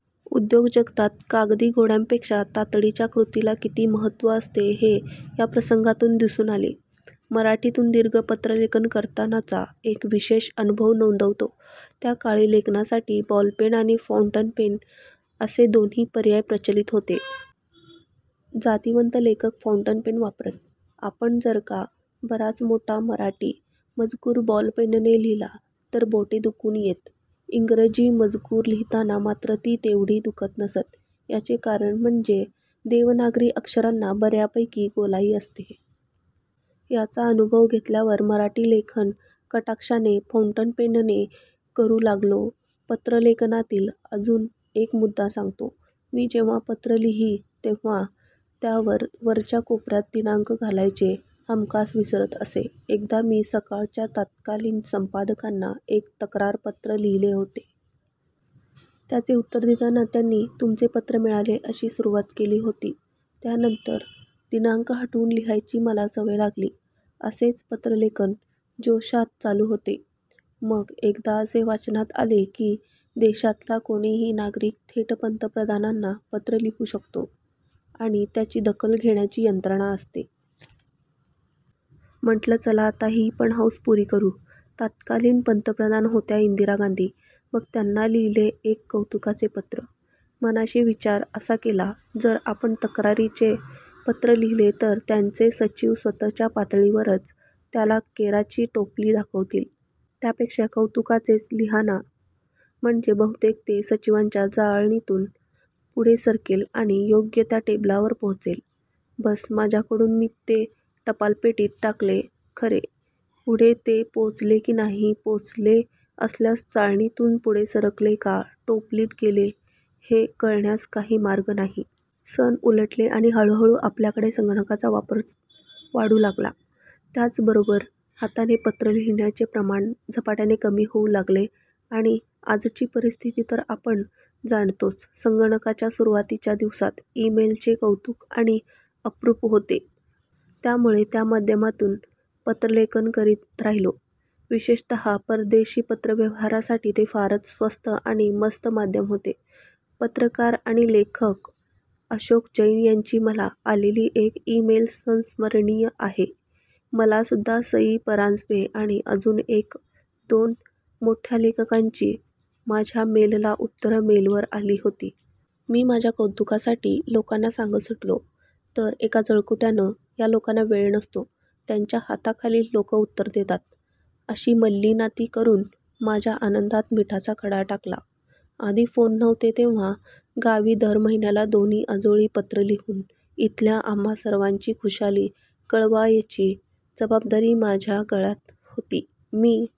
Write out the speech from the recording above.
उद्योग जगतात कागदी घोड्यांपेक्षा तातडीच्या कृतीला किती महत्व असते, हे या प्रसंगातून दिसून आले. मराठीतून दीर्घ पत्रलेखन करतानाचा एक विशेष अनुभव नोंदवतो. त्या काळी लेखनासाठी बॉलपेन आणि फौंटनपेन असे दोन्ही पर्याय प्रचलित होते. जातिवंत लेखक फौंटनपेन वापरत. आपण जर का बराच मोठा मराठी मजकूर बॉलपेनने लिहिला तर बोटे दुखून येत. इंग्रजी मजकूर लिहिताना मात्र ती तेवढी दुखत नसत. याचे कारण म्हणजे देवनागरी अक्षरांना बऱ्यापैकी गोलाई असते. याचा अनुभव घेतल्यावर मराठी लेखन कटाक्षाने फौंटनपेनने करू लागलो. पत्रलेखनातील अजून एक मुद्दा सांगतो. मी जेव्हा पत्र लिही तेव्हा त्यावर वरच्या कोपऱ्यात दिनांक घालायचे हमखास विसरत असे. एकदा मी 'सकाळ' च्या तत्कालीन संपादकांना एक तक्रारपत्र लिहीले होते. त्याचे उत्तर देताना त्यांनी "तुमचे पत्र मिळाले.. " अशी सुरवात केली होती. त्यानंतर दिनांक हटकून लिहायची मला सवय लागली. असेच पत्रलेखन जोशात चालू होते. मग एकदा असे वाचनात आले की देशातला कोणीही नागरिक थेट पंतप्रधानांना पत्र लिहू शकतो आणि त्याची दखल घेण्याची यंत्रणा असते. म्हटलं, चला आता ही पण हौस पुरी करू. तत्कालीन पंतप्रधान होत्या इंदिरा गांधी. मग त्यांना लिहीले एक कौतुकाचे पत्र. मनाशी विचार असा केला. जर आपण तक्रारीचे पत्र लिहीले तर त्यांचे सचिव स्वतःच्या पातळीवरच त्याला केराची टोपली दाखवतील! त्यापेक्षा कौतुकाचेच लिहा ना, म्हणजे बहुतेक ते सचिवांच्या चाळणीतून पुढे सरकेल आणि योग्य त्या टेबलावर पोहोचेल. बस्स, माझ्याकडून मी ते टपालपेटीत टाकले खरे. पुढे ते पोचले की नाही, पोचले असल्यास चाळणीतून पुढे सरकले का टोपलीत गेले हे कळण्यास काही मार्ग नाही. सन उलटले आणि हळूहळू आपल्याकडे संगणकाचा वापर वाढू लागला. त्याचबरोबर हाताने पत्र लिहिण्याचे प्रमाण झपाट्याने कमी होऊ लागले आणि आजची परिस्थिती तर आपण जाणतोच. संगणकाच्या सुरवातीच्या दिवसात 'इ-मेल' चे कौतुक आणि अप्रूप होते. त्यामुळे त्या माध्यमातून पत्रलेखन करीत राहिलो. विशेषतः परदेशी पत्रव्यवहारासाठी ते फारच स्वस्त आणि मस्त माध्यम होते. पत्रकार आणि लेखक अशोक जैन यांची मला आलेली एक इ-मेल संस्मरणीय आहे. मला सुद्धा सई परांजपे, आणि अजून एक दोन मोठ्या लेखकांची माझ्या मेलला उत्तरं मेलवर आली होती. मी माझ्या कौतुकासाठी लोकांना सांगत सुटलो. तर एका जळकुट्यानं " या लोकांना वेळ नसतो, त्यांच्या हाताखालील लोकं उत्तर देतात" अशी मल्लीनाथी करून माझ्या आनंदात मिठाचा खडा टाकला. आधी फोन नव्हते तेव्हा गावी दर महिन्याला दोन्ही आजोळी पत्र लिहून इथल्या आम्हा सर्वांची खुशाली कळवायची जबाबदारी माझया गळ्यात होती. मी